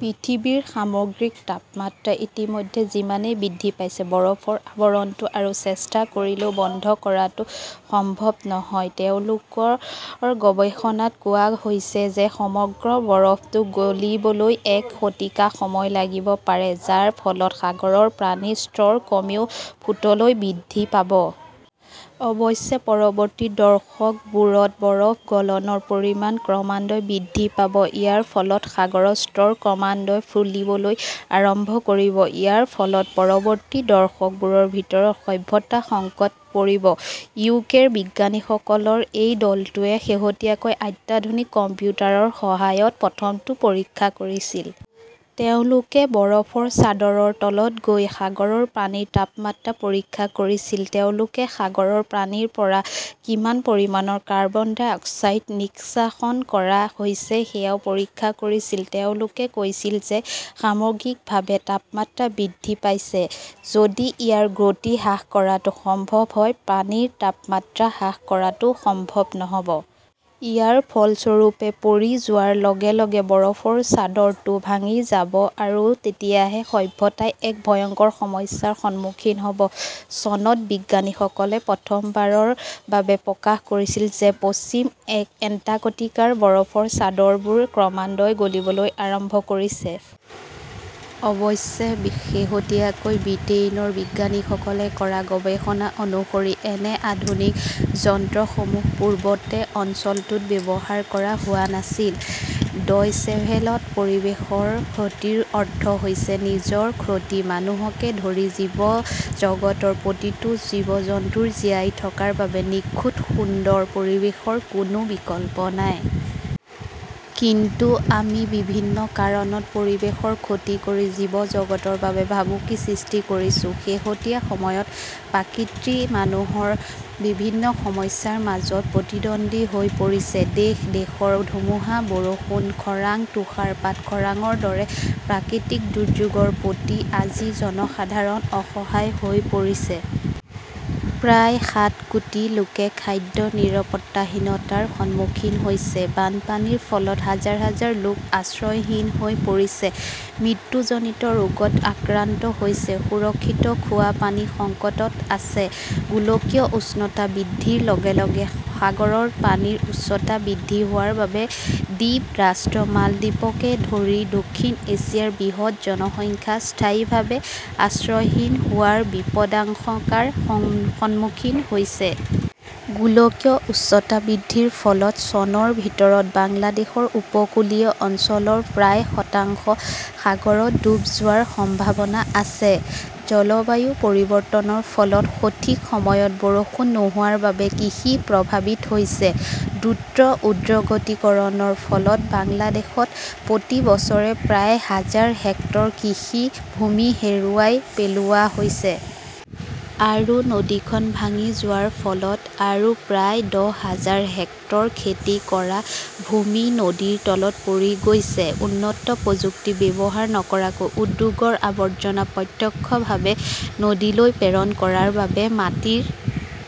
পৃথিৱীৰ সামগ্ৰিক তাপমাত্ৰা ইতিমধ্যে যিমানেই বৃদ্ধি পাইছে, বৰফৰ আৱৰণটো আৰু চেষ্টা কৰিলেও বন্ধ কৰাটো সম্ভৱ নহয়। তেওঁলোকৰ গৱেষণাত কোৱা হৈছে যে সমগ্ৰ বৰফটো গলিবলৈ এক শতিকা সময় লাগিব পাৰে, যাৰ ফলত সাগৰৰ পানীৰ স্তৰ কমেও ফুটলৈ বৃদ্ধি পাব। অৱশ্যে, পৰৱৰ্তী দশকবোৰত বৰফ গলনৰ পৰিমাণ ক্ৰমান্বয়ে বৃদ্ধি পাব। ইয়াৰ ফলত সাগৰৰ স্তৰ ক্ৰমান্বয়ে ফুলিবলৈ আৰম্ভ কৰিব। ইয়াৰ ফলত পৰৱৰ্তী দশকবোৰৰ ভিতৰত সভ্যতা সংকটত পৰিব। ইউকেৰ বিজ্ঞানীসকলৰ এই দলটোৱে শেহতীয়াকৈ অত্যাধুনিক কম্পিউটাৰৰ সহায়ত প্ৰথমটো পৰীক্ষা কৰিছিল। তেওঁলোকে বৰফৰ চাদৰৰ তলত গৈ সাগৰৰ পানীৰ তাপমাত্ৰা পৰীক্ষা কৰিছিল। তেওঁলোকে সাগৰৰ পানীৰ পৰা কিমান পৰিমাণৰ কাৰ্বন ডাই অক্সাইড নিষ্কাশন কৰা হৈছে সেয়াও পৰীক্ষা কৰিছিল। তেওঁলোকে কৈছিল যে সামগ্ৰিকভাৱে তাপমাত্ৰা বৃদ্ধি পাইছে। যদি ইয়াৰ গতি হ্ৰাস কৰাটো সম্ভৱ হয়, পানীৰ তাপমাত্ৰা হ্ৰাস কৰাটো সম্ভৱ নহ 'ব। ইয়াৰ ফলস্বৰূপে পৰি যোৱাৰ লগে লগে বৰফৰ চাদৰটো ভাঙি যাব। আৰু তেতিয়াহে সভ্যতাই এক ভয়ংকৰ সমস্যাৰ সন্মুখীন হ "ব। চনত বিজ্ঞানীসকলে প্ৰথমবাৰৰ বাবে প্ৰকাশ কৰিছিল যে পশ্চিম এণ্টাৰ্কটিকাৰ বৰফৰ চাদৰবোৰ ক্ৰমান্বয়ে গলিবলৈ আৰম্ভ কৰিছে। অৱশ্যে, শেহতীয়াকৈ ব্ৰিটেইনৰ বিজ্ঞানীসকলে কৰা গৱেষণা অনুসৰি, এনে আধুনিক যন্ত্ৰসমূহ পূৰ্বতে অঞ্চলটোত ব্যৱহাৰ কৰা হোৱা নাছিল। ডয়চেভেলত। পৰিৱেশৰ ক্ষতিৰ অৰ্থ হৈছে নিজৰ ক্ষতি মানুহকে ধৰি জীৱ জগতৰ প্ৰতিটো জীৱ-জন্তুৰ জীয়াই থকাৰ বাবে নিখুঁত সুন্দৰ পৰিৱেশৰ কোনো বিকল্প নাই। কিন্তু আমি বিভিন্ন কাৰণত পৰিৱেশৰ ক্ষতি কৰি জীৱ জগতৰ বাবে ভাবুকিৰ সৃষ্টি কৰিছো। শেহতীয়া সময়ত প্ৰকৃতি মানুহৰ বিভিন্ন সমস্যাৰ মাজত প্ৰতিদ্বন্দ্বী হৈ পৰিছে। দেশ-দেশৰ ধুমুহা, বৰষুণ, খৰাং, তুষাৰপাত, খৰাংৰ দৰে প্ৰাকৃতিক দুৰ্যোগৰ প্ৰতি আজি জনসাধাৰণ অসহায় হৈ পৰিছে। প্ৰায় সাত কোটি লোকে খাদ্য নিৰাপত্তাহীনতাৰ সন্মুখীন হৈছে, বানপানীৰ ফলত হাজাৰ হাজাৰ লোক আশ্ৰয়হীন হৈ পৰিছে, মৃত্যুজনিত ৰোগত আক্ৰান্ত হৈছে, সুৰক্ষিত খোৱা পানীৰ সংকটত আছে। গোলকীয় উষ্ণতা বৃদ্ধিৰ লগে লগে সাগৰৰ পানীৰ উচ্চতা বৃদ্ধি হোৱাৰ বাবে দ্বীপ ৰাষ্ট্ৰ মালদ্বীপকে ধৰি দক্ষিণ এছিয়াৰ বৃহৎ জনসংখ্যা স্থায়ীভাৱে আশ্ৰয়হীন হোৱাৰ বিপদাশংকাৰ সন্মুখীন হৈছে। গোলকীয় উষ্ণতা বৃদ্ধিৰ ফলত চনৰ ভিতৰত বাংলাদেশৰ উপকূলীয় অঞ্চলৰ প্ৰায় শতাংশ সাগৰত ডুব যোৱাৰ সম্ভাৱনা আছে। জলবায়ু পৰিৱৰ্তনৰ ফলত সঠিক সময়ত বৰষুণ নোহোৱাৰ বাবে কৃষি প্ৰভাৱিত হৈছে। দ্ৰুত ঔদ্যোগিকৰণৰ ফলত বাংলাদেশত প্ৰতি বছৰে প্ৰায় হাজাৰ হেক্টৰ কৃষি ভূমি হেৰুৱাই পেলোৱা হৈছে। আৰু নদীখন ভাঙি যোৱাৰ ফলত আৰু প্ৰায় দহ হাজাৰ হেক্টৰ খেতি কৰা ভূমি নদীৰ তলত পৰি গৈছে। উন্নত প্ৰযুক্তি ব্যৱহাৰ নকৰাকৈ উদ্যোগৰ আৱৰ্জনা প্ৰত্যক্ষভাৱে নদীলৈ প্ৰেৰণ কৰাৰ বাবে মাটিৰ